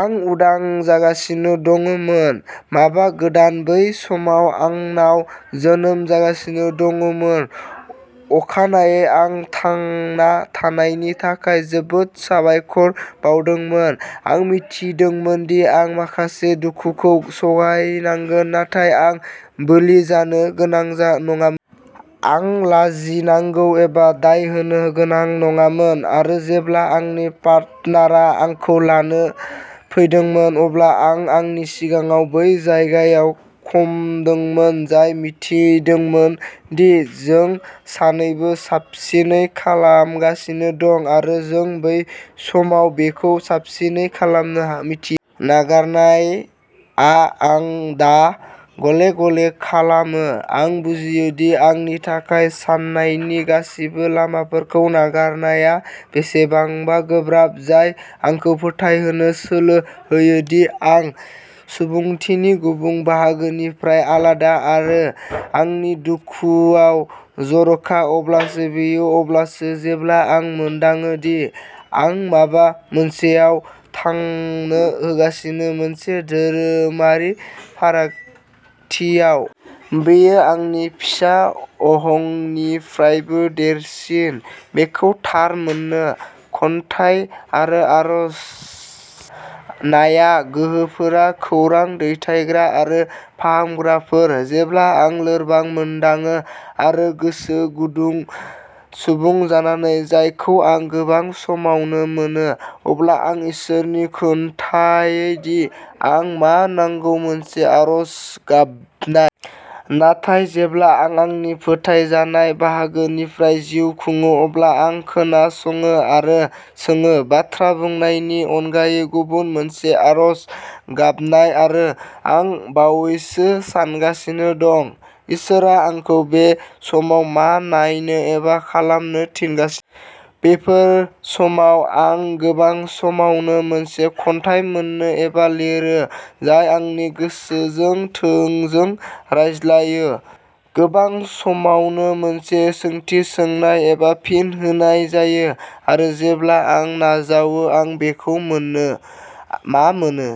आं उदां जागासिनो दंमोन। माबा गोदान। बै समाव आंनाव जोनोम जागासिनो दंमोन। अखानायै आं थांना थानायनि थाखाय जोबोद साबायखर बावदोंमोन। आं मिथिदोंमोन दि आं माखासे दुखुखौ सहायनांगोन, नाथाय आं बोलि जानो गोनां नङामोन। आं लाजिनांगौ एबा दाय होनो गोनां नङामोन। आरो जेब्ला आंनि पार्टनारा आंखौ लानो फैदोंमोन, अब्ला आं आंनि सिङाव बै जायगायाव खामदोंमोन, जाय मिथिदोंमोन दि जों सानैबो साबसिनै खालामगासिनो दं, आरो जों बै समाव बेखौ साबसिनै खालामनो मिथिया। "नागारनाय" आ आं दा, गले-गले खालामो। आं बुजियोदि आंनि थाखाय साननायनि गासैबो लामाफोरखौ नागारनाया बेसेबां गोब्राब, जाय आंखौ फोथायहोनो सोलो होयो दि आं सुबुंथिनि गुबुन बाहागोनिफ्राय आलादा आरो आंनि दुखुआव जर'खा। अब्लाबो बेयो अब्लासो जेब्ला आं मोनदाङो दि आं'माबा मोनसे'आव थांनो होगासिनो-- मोनसे धोरोमारि फारिखान्थियाव। बेयो आंनि फिसा अहंनिफ्रायबो देरसिन-- बेखौ थार मोनो। खन्थाइ आरो आर'जनाया गोहोगोरा खौरां दैथायग्रा आरो फाहामग्राफोर। जेब्ला आं लोरबां मोनदाङो, आरो गोसो गुदुं सुबुं जानानै जायखौ आं गोबां समावनो मोनो, अब्ला आं इसोरनो खोन्थायो दि आंनो मा नांगौ-मोनसे आर'ज गाबनाय। नाथाय जेब्ला आं आंनि फोथायजानाय बाहागोनिफ्राय जिउ खुङो, अब्ला आं खोनासङो आरो सोङो, बाथ्रा बुंनायनि अनगायै-गुबुन मोनसे आर'ज गाबनाय। आरो आं बावैसो सानगासिनो दंः इसोरआ आंखौ बे समाव मा नायनो एबा खालामनो थिनगासिनो? बेफोर समाव आं गोबां समावनो मोनसे खन्थाइ मोनो एबा लिरो जाय आंनि गोसोजों थोंजों रायज्लायो। गोबां समावनो मोनसे सोंथि सोंनाय एबा फिन होनाय जायो, आरो जेब्ला आं नाजावो, आं बेखौ मोनो। मा मोनो?